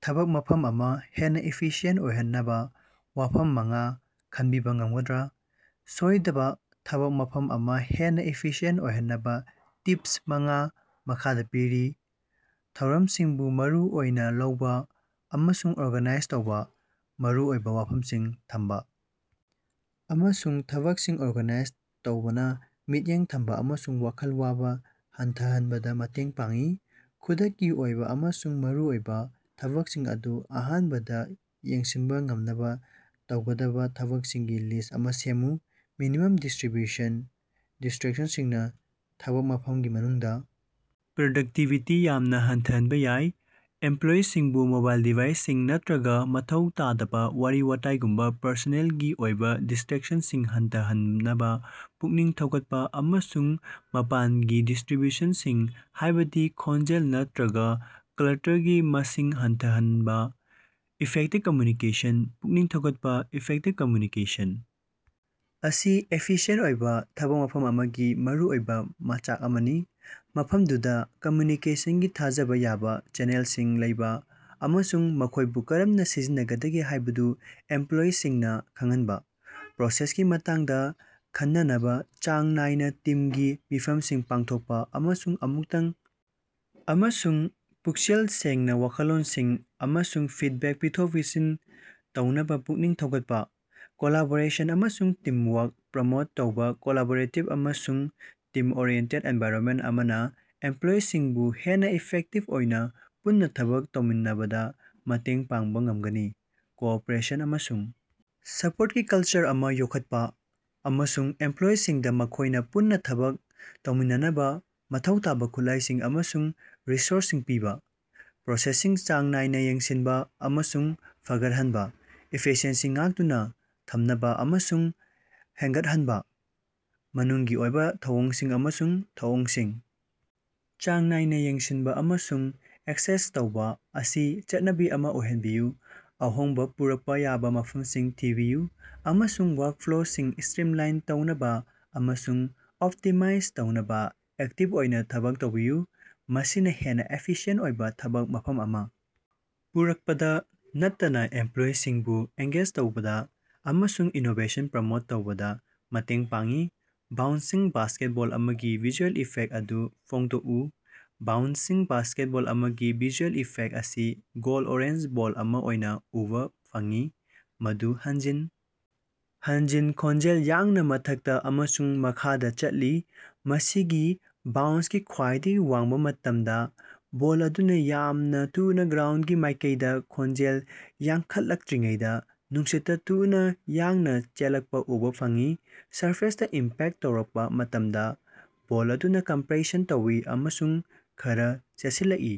ꯊꯕꯛ ꯃꯐꯝ ꯑꯃ ꯍꯦꯟꯅ ꯏꯐꯤꯁꯤꯌꯦꯟꯇ ꯑꯣꯏꯍꯟꯅꯕ ꯋꯥꯐꯝ ꯃꯉꯥ ꯈꯟꯕꯤꯕ ꯉꯝꯒꯗ꯭ꯔꯥ? ꯁꯣꯏꯗꯕ ꯊꯕꯛ ꯃꯐꯝ ꯑꯃ ꯍꯦꯟꯅ ꯏꯐꯤꯁꯤꯑꯦꯟꯇ ꯑꯣꯏꯍꯟꯅꯕ ꯇꯤꯄꯁ ꯃꯉꯥ ꯃꯈꯥꯗ ꯄꯤꯔꯤ - ꯊꯧꯔꯝꯁꯤꯡꯕꯨ ꯃꯔꯨ ꯑꯣꯏꯅ ꯂꯧꯕ ꯑꯃꯁꯨꯡ ꯑꯣꯔꯒꯥꯅꯥꯏꯖ ꯇꯧꯕ, ꯃꯔꯨ ꯑꯣꯏꯕ ꯋꯥꯐꯝꯁꯤꯡ ꯊꯝꯕ ꯑꯃꯁꯨꯡ ꯊꯕꯛꯁꯤꯡ ꯑꯣꯔꯒꯥꯅꯥꯏꯖ ꯇꯧꯕꯅ ꯃꯤꯠꯌꯦꯡ ꯊꯝꯕꯥ ꯑꯃꯁꯨꯡ ꯋꯥꯈꯜ ꯋꯥꯕ ꯍꯟꯊꯍꯟꯕꯗ ꯃꯇꯦꯡ ꯄꯥꯡꯏ꯫ ꯈꯨꯗꯛꯀꯤ ꯑꯣꯏꯕ ꯑꯃꯁꯨꯡ ꯃꯔꯨꯑꯣꯏꯕ ꯊꯕꯛꯁꯤꯡ ꯑꯗꯨ ꯑꯍꯥꯟꯕꯗ ꯌꯦꯡꯁꯤꯟꯕ ꯉꯝꯅꯕ ꯇꯧꯒꯗꯕ ꯊꯕꯛꯁꯤꯡꯒꯤ ꯂꯤꯁ꯭ꯠ ꯑꯃ ꯁꯦꯝꯃꯨ꯫ ꯃꯤꯅꯤꯃꯝ ꯗꯤꯁꯇ꯭ꯔꯤꯕ꯭ꯌꯨꯁꯟ - ꯗꯤꯁꯇ꯭ꯔꯤꯛꯇꯁꯤꯡꯅ ꯊꯕꯛ ꯃꯐꯝꯒꯤ ꯃꯅꯨꯡꯗ ꯄ꯭ꯔꯗꯛꯇꯤꯕꯤꯇꯤ ꯌꯥꯝꯅ ꯍꯟꯊꯍꯟꯕ ꯌꯥꯏ꯫ ꯏꯝꯄ꯭ꯂꯣꯌꯤꯁꯤꯡꯕꯨ ꯃꯣꯕꯥꯏꯜ ꯗꯤꯚꯥꯏꯁꯁꯤꯡ ꯅꯠꯇꯔꯒ ꯃꯊꯧ ꯇꯥꯗꯕ ꯋꯥꯔꯤ-ꯋꯥꯇꯥꯏꯒꯨꯝꯕ ꯄꯔꯁꯣꯅꯦꯜꯒꯤ ꯑꯣꯏꯕ ꯗꯤꯁꯇ꯭ꯔꯤꯛꯁꯁꯤꯡ ꯍꯟꯊꯍꯟꯅꯕ ꯄꯨꯛꯅꯤꯡ ꯊꯧꯒꯠꯄ, ꯑꯃꯁꯨꯡ ꯃꯄꯥꯟꯒꯤ ꯗꯤꯁꯇ꯭ꯔꯤꯕ꯭ꯌꯨꯁꯟꯁꯤꯡ ꯍꯥꯏꯕꯗꯤ ꯈꯣꯟꯖꯦꯜ ꯅꯠꯇꯔꯒ ꯀ꯭ꯂꯇꯔꯒꯤ ꯃꯁꯤꯡ ꯍꯟꯊꯍꯟꯕ꯫ ꯏꯐꯦꯛꯇꯤꯕ ꯀꯝꯃ꯭ꯌꯨꯅꯤꯀꯦꯁꯟ ꯄꯨꯛꯅꯤꯡ ꯊꯧꯒꯠꯄ - ꯏꯐꯦꯛꯇꯤꯕ ꯀꯝꯃ꯭ꯌꯨꯅꯤꯀꯦꯁꯟ ꯑꯁꯤ ꯏꯐꯤꯁꯤꯌꯦꯟꯇ ꯑꯣꯏꯕ ꯊꯕꯛ ꯃꯐꯝ ꯑꯃꯒꯤ ꯃꯔꯨ ꯑꯣꯏꯕ ꯃꯆꯥꯛ ꯑꯃꯅꯤ꯫ ꯃꯐꯝꯗꯨꯗ ꯀꯝꯃ꯭ꯌꯨꯅꯤꯀꯦꯁꯟꯒꯤ ꯊꯥꯖꯕ ꯌꯥꯕ ꯆꯦꯅꯦꯜꯁꯤꯡ ꯂꯩꯕ ꯑꯃꯁꯨꯡ ꯃꯈꯣꯏꯕꯨ ꯀꯔꯝꯅ ꯁꯤꯖꯤꯟꯅꯒꯗꯒꯦ ꯍꯥꯏꯕꯗꯨ ꯏꯝꯄ꯭ꯂꯣꯌꯤꯁꯤꯡꯅ ꯈꯪꯍꯟꯕ꯫ ꯄ꯭ꯔꯣꯒ꯭ꯔꯦꯁꯀꯤ ꯃꯇꯥꯡꯗ ꯈꯟꯅꯅꯕ ꯆꯥꯡ ꯅꯥꯏꯅ ꯇꯤꯝꯒꯤ ꯃꯤꯐꯝꯁꯤꯡ ꯄꯥꯡꯊꯣꯛꯄ, ꯑꯃꯁꯨꯡ ꯑꯃꯨꯛꯇꯪ ꯑꯃꯁꯨꯡ ꯄꯨꯛꯆꯦꯜ ꯁꯦꯡꯅ ꯋꯥꯈꯜꯂꯣꯟꯁꯤꯡ ꯑꯃꯁꯨꯡ ꯐꯤꯗꯕꯦꯛ ꯄꯤꯊꯣꯛ-ꯄꯤꯁꯤꯟ ꯇꯧꯅꯕ ꯄꯨꯛꯅꯤꯡ ꯊꯧꯒꯠꯄ꯫ ꯀꯣꯂꯥꯕꯣꯔꯦꯁꯟ ꯑꯃꯁꯨꯡ ꯇꯤꯝꯋꯥ꯭ꯔꯛ ꯄ꯭ꯔꯃꯣꯠ ꯇꯧꯕꯥ - ꯀꯣꯂꯥꯕꯣꯔꯦꯇꯤꯕ ꯑꯃꯁꯨꯡ ꯇꯤꯝ-ꯑꯣꯔꯤꯑꯦꯟꯇꯦꯗ ꯑꯦꯟꯚꯥꯏꯔꯟꯃꯦꯟꯇ ꯑꯃꯅ ꯏꯝꯄꯂꯣꯌꯤꯁꯤꯡꯕꯨ ꯍꯦꯟꯅ ꯏꯐꯦꯛꯇꯤꯕ ꯑꯣꯏꯅ ꯄꯨꯟꯅ ꯊꯕꯛ ꯇꯧꯃꯤꯟꯅꯕꯗ ꯃꯇꯦꯡ ꯄꯥꯡꯕ ꯉꯝꯒꯅꯤ꯫ ꯀꯣꯑꯣꯄꯔꯦꯁꯟ ꯑꯃꯁꯨꯡ ꯁꯄꯣꯔꯇꯀꯤ ꯀꯜꯆꯔ ꯑꯃ ꯌꯣꯛꯈꯠꯄ, ꯑꯃꯁꯨꯡ ꯏꯝꯄ꯭ꯂꯣꯌꯤꯁꯤꯡꯗ ꯃꯈꯣꯏꯅ ꯄꯨꯟꯅ ꯊꯕꯛ ꯇꯧꯃꯤꯟꯅꯅꯕ ꯃꯊꯧ ꯇꯥꯕ ꯈꯨꯠꯂꯥꯏꯁꯤꯡ ꯑꯃꯁꯨꯡ ꯔꯤꯁꯣꯔꯁꯁꯤꯡ ꯄꯤꯕ꯫ ꯄ꯭ꯔꯣꯁꯦꯁꯁꯤꯡ ꯆꯥꯡ ꯅꯥꯏꯅ ꯌꯦꯡꯁꯤꯟꯕ ꯑꯃꯁꯨꯡ ꯐꯒꯠꯍꯟꯕ - ꯏꯐꯤꯁꯤꯑꯦꯟꯁꯤ ꯉꯥꯛꯇꯨꯅ ꯊꯝꯅꯕ ꯑꯃꯁꯨꯡ ꯍꯦꯟꯒꯠꯍꯟꯅꯕ, ꯃꯅꯨꯡꯒꯤ ꯑꯣꯏꯕ ꯊꯧꯑꯣꯡꯁꯤꯡ ꯑꯃꯁꯨꯡ ꯊꯧꯑꯣꯡꯁꯤꯡ ꯆꯥꯡ ꯅꯥꯏꯅ ꯌꯦꯡꯁꯤꯟꯕ ꯑꯃꯁꯨꯡ ꯑꯦꯁꯦꯁ ꯇꯧꯕ ꯑꯁꯤ ꯆꯠꯅꯕꯤ ꯑꯃ ꯑꯣꯏꯍꯟꯕꯤꯌꯨ꯫ ꯑꯍꯣꯡꯕ ꯄꯨꯔꯛꯄ ꯌꯥꯕ ꯃꯐꯝꯁꯤꯡ ꯊꯤꯕꯤꯌꯨ, ꯑꯃꯁꯨꯡ ꯋꯥ꯭ꯔꯛꯐ꯭ꯂꯣꯁꯤꯡ ꯁ꯭ꯇꯔꯤꯝꯂꯥꯏꯟ ꯇꯧꯅꯕ ꯑꯃꯁꯨꯡ ꯑꯣꯞꯇꯤꯃꯥꯏꯖ ꯇꯧꯅꯕ ꯑꯦꯛꯇꯤꯕ ꯑꯣꯏꯅ ꯊꯕꯛ ꯇꯧꯕꯤꯌꯨ꯫ ꯃꯁꯤꯅ ꯍꯦꯟꯅ ꯏꯐꯤꯁꯤꯌꯦꯟꯇ ꯑꯣꯏꯕ ꯊꯕꯛ ꯃꯐꯝ ꯑꯃ ꯄꯨꯔꯛꯄꯗ ꯅꯠꯇꯅ ꯏꯝꯄ꯭ꯂꯣꯌꯤꯁꯤꯡꯕꯨ ꯑꯦꯡꯒꯦꯖ ꯇꯧꯕꯗ ꯑꯃꯁꯨꯡ ꯏꯅꯣꯕꯦꯁꯟ ꯄ꯭ꯔꯃꯣꯠ ꯇꯧꯕꯗ ꯃꯇꯦꯡ ꯄꯥꯡꯏ꯫ ꯕꯥꯎꯟꯁꯤꯡ ꯕꯥꯁꯀꯦꯠꯕꯣꯜ ꯑꯃꯒꯤ ꯚꯤꯖꯨꯑꯦꯜ ꯏꯐꯦꯛꯇ ꯑꯗꯨ ꯐꯣꯡꯗꯣꯛꯎ꯫ ꯕꯥꯎꯟꯁꯤꯡ ꯕꯥꯁꯀꯦꯠꯕꯣꯜ ꯑꯃꯒꯤ ꯚꯤꯖꯨꯑꯦꯜ ꯏꯐꯦꯛꯇ ꯑꯁꯤ ꯒꯣꯜꯗ ꯑꯣꯔꯦꯟꯖ ꯕꯣꯜ ꯑꯃ ꯑꯣꯏꯅ ꯎꯕ ꯐꯪꯏ, ꯃꯗꯨ ꯍꯟꯖꯤꯟ ꯍꯟꯖꯤꯟ ꯈꯣꯡꯖꯦꯜ ꯌꯥꯡꯅ ꯃꯊꯛꯇ ꯑꯃꯁꯨꯡ ꯃꯈꯥꯗ ꯆꯠꯂꯤ꯫ ꯃꯁꯤꯒꯤ ꯕꯥꯎꯟꯁꯀꯤ ꯈ꯭ꯋꯥꯏꯗꯒꯤ ꯋꯥꯡꯕ ꯃꯇꯝꯗ, ꯕꯣꯜ ꯑꯗꯨꯅ ꯌꯥꯝꯅ ꯊꯨꯅ ꯒ꯭ꯔꯥꯎꯟꯗꯒꯤ ꯃꯥꯏꯀꯩꯗ ꯈꯣꯡꯖꯦꯜ ꯌꯥꯡꯈꯠꯂꯛꯇꯔꯤꯉꯩꯗ‌ ꯅꯨꯡꯁꯤꯠꯇ ꯊꯨꯅ ꯌꯥꯡꯅ ꯆꯦꯜꯂꯛꯄ ꯎꯕꯥ ꯐꯪꯏ꯫ ꯁꯔꯐꯦꯁꯇ ꯏꯝꯄꯦꯛꯇ ꯇꯧꯔꯛꯄ ꯃꯇꯝꯗ, ꯕꯣꯜ ꯑꯗꯨꯅ ꯀꯝꯄ꯭ꯔꯦꯁꯟ ꯇꯧꯏ ꯑꯃꯁꯨꯡ ꯈꯔꯥ ꯆꯦꯠꯁꯤꯜꯂꯛꯏ꯫